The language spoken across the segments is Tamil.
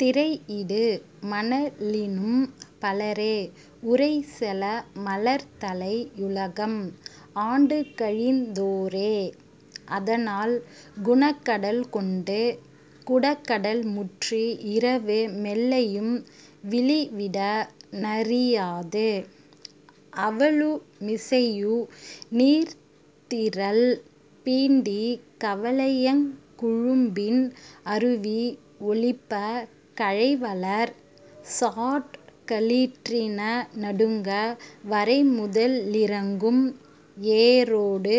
திரையிடு மணலினும் பலரே உரைசெல மலர்தலை யுலகம் ஆண்டுகழிந் தோரே அதனால், குணகடல் கொண்டு குடகடல்முற்றி இரவு மெல்லையும் விளிவிட னறியாது அவலு மிசையு நீர்த்திரள் பீண்டிக் கவலையங் குழும்பின் அருவி ஒலிப்பக் கழைவளர் சாரற் களிற்றின நடுங்க வரைமுத லிரங்கும் ஏறொடு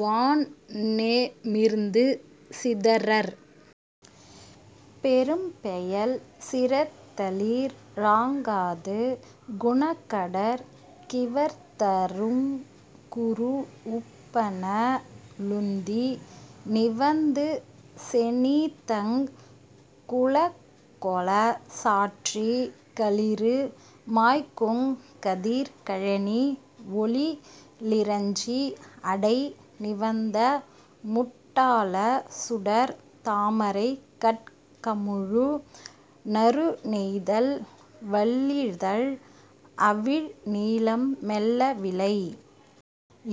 வான்ஞெமிர்ந்து சிதரற் பெரும்பெயல் சிறத்தலிற் றாங்காது குணகடற் கிவர்தருங் குரூஉப்புன லுந்தி நிவந்துசெ னீத்தங் குளங்கொளச் சாற்றிக் களிறு மாய்க்குங் கதிர்க் கழனி ஒளி றிலஞ்சி அடை நிவந்த முட் டாள சுடர்த் தாமரை கட் கமழு நறு நெய்தல் வள் ளிதழ் அவிழ் நீலம் மெல் லிலை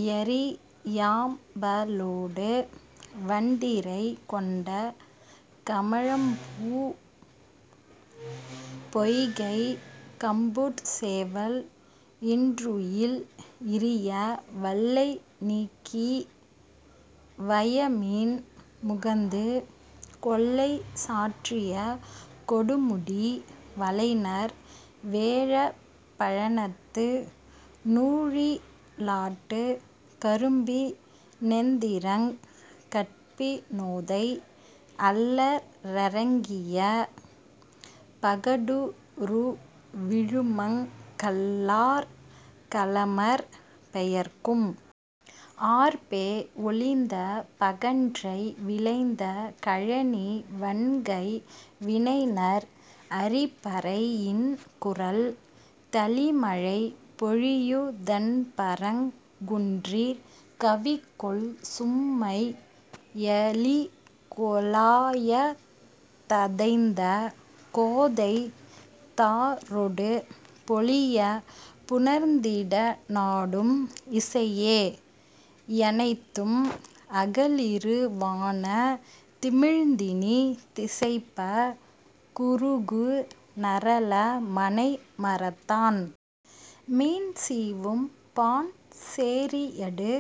யரி யாம்பலொடு வண்டிறை கொண்ட கமழ்பூம் பொய்கைக் கம்புட் சேவல் இன்றுயில் இரிய வள்ளை நீக்கி வயமீன் முகந்து கொள்ளை சாற்றிய கொடுமுடி வலைஞர் வேழப் பழனத்து நூழி லாட்டுக் கரும்பி னெந்திரங் கட்பி னோதை அள்ளற் றங்கிய பகடுறு விழுமங் கள்ளார் களமர் பெயர்க்கும் ஆர்ப்பே ஒலிந்த பகன்றை விளைந்த கழனி வன்கை வினைஞர் அரிபறை யின்குரல் தளிமழை பொழியுந் தண்பரங் குன்றிற் கவிகொள் சும்மை யலிகொ ளாயந் ததைந்த கோதை தாரொடு பொலியப் புணர்ந்துட னாடும் இசையே யனைத்தும் அகலிரு வானத் திமிழ்ந்தினி திசைப்பக் குருகு நரல மனை மரத்தான் மீன் சீவும் பாண் சேரியடு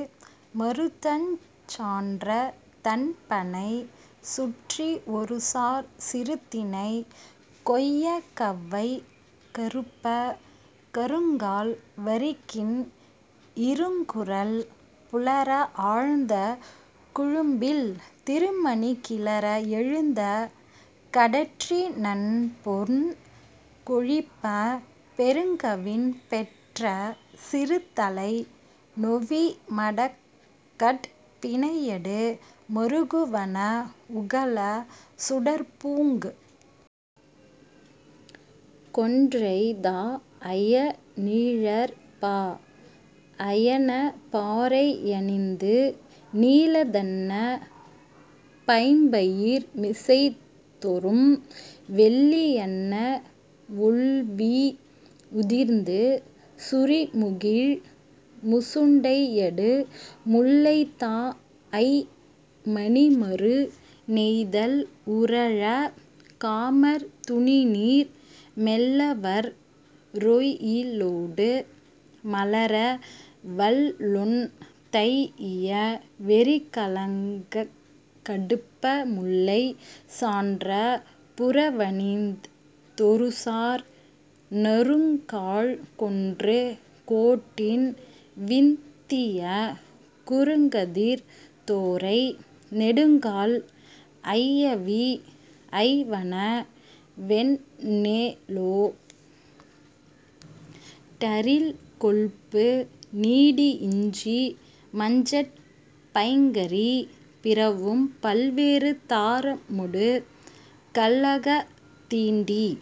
மருதஞ் சான்ற தண்பணை சுற்றிஒருசார்ச் சிறுதினை கொய்யக் கவ்வை கறுப்பக் கருங்கால் வரகின் இருங்குரல் புலர ஆழ்ந்த குழும்பில் திருமணி கிளர எழுந்த கடற்றி னன்பொன் கொழிப்பப் பெருங்கவின் பெற்ற சிறுதலை நெளவி மடக்கட் பிணையடு மறுகுவன உகளச் சுடர்ப்பூங் கொன்றை தாஅய நீழற் பாஅ யன்ன பாறை யணிந்து நீலத் தன்ன பைம்பயிர் மிசைதொறும் வெள்ளி யன்ன வொள்வி யுதிர்ந்து சுரிமுகிழ் முசுண்டையடு முல்லை தாஅய் மணிமரு ணெய்தல் உறழக் காமர் துணிநீர் மெல்லவற் றொய்யிலொடு மலர வல்லொன் தைஇய வெறிக்களங் கடுப்ப முல்லை சான்ற புறவணிந் தொருசார் நறுங்காழ் கொன்று கோட்டின் வித்திய குறுங்கதிர்த் தோரை நெடுங்கால் ஐயவி ஐவன வெண்ணெலொ டரில்கொள்பு நீடி இஞ்சி மஞ்சட் பைங்கறி பிறவும் பல்வேறு தாரமொடு கல்லகத் தீண்டித்.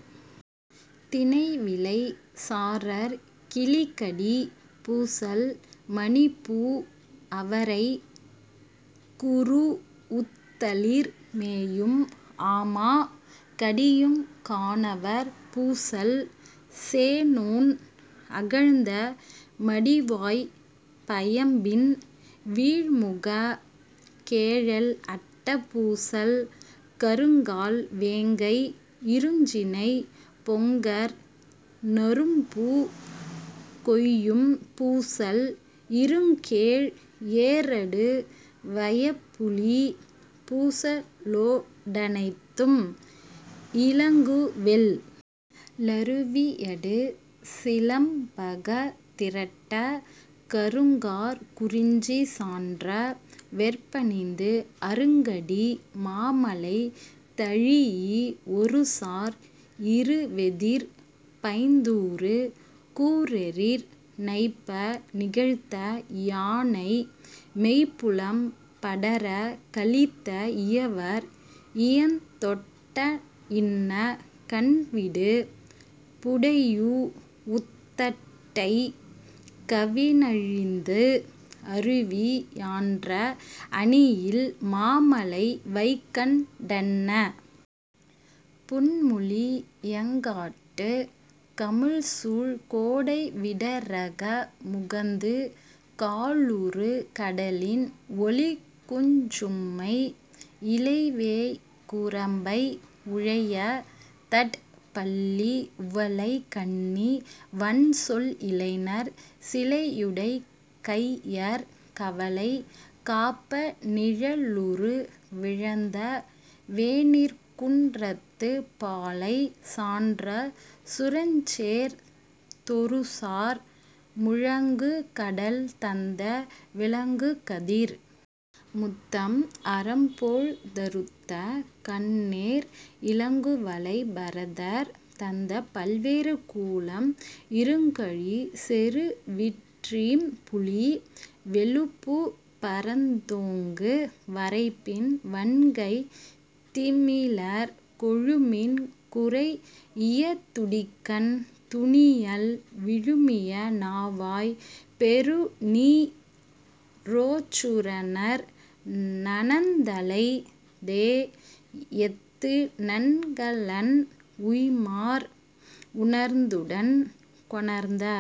தினைவிளை சாரற் கிளிகடி பூசல் மணிப்பூ அவரைக் குரூஉத்தளிர் மேயும் ஆமா கடியுங் கானவர் பூசல் சேணோன் அகழ்ந்த மடிவாய்ப் பயம்பின் வீழ்முகக் கேழல் அட்ட பூசல் கருங்கால் வேங்கை இருஞ்சினைப் பொங்கர் நறும்பூக் கொய்யும் பூசல் இருங்கேழ் ஏறடு வயப்புலிப் பூசலொ டனைத்தும் இலங்குவெள் ளருவியடு சிலம்பகத் திரட்டக் கருங்காற் குறிஞ்சி சான்ற வெற்பணிந்து அருங்கடி மாமலை தழீஇ ஒருசார் இருவெதிர்ப் பைந்தூறு கூரெரி நைப்ப நிழத்த யானை மேய்புலம் படரக் கலித்த இயவர் இயந்தொட் டன்ன கண்விடு புடையூஉத் தட்டை கவினழிந்து அருவி யான்ற அணியில் மாமலை வைகண் டன்ன புன்முளி யங்காட்டுக் கமழ்சூழ் கோடை விடரக முகந்து காலுறு கடலின் ஒலிக்குஞ் சும்மை இலைவேய் குரம்பை உழையதட் பள்ளி உவலைக் கண்ணி வன்சொல் இளைஞர் சிலையுடைக் கையர் கவலை காப்ப நிழலுரு விழந்த வேனிற்குன் றத்துப் பாலை சான்ற சுரஞ்சேர்ந் தொருசார் முழங்குகடல் தந்த விளங்குகதிர் முத்தம் அரம்போழ்ந் தறுத்த கண்ணேர் இலங்குவளை பரதர் தந்த பல்வேறு கூலம் இருங்கழிச் செறுவிற் றீம்புளி வெள்ளுப்புப் பரந்தோங்கு வரைப்பின் வன்கைத் திமிலர் கொழுமீன் குறைஇய துடிக்கண் துணியல் விழுமிய நாவாய் பெருநீ ரோச்சுநர் நனந்தலை தேஎத்து நன்கலன் உய்ம்மார் புணர்ந்துடன் கொணர்ந்த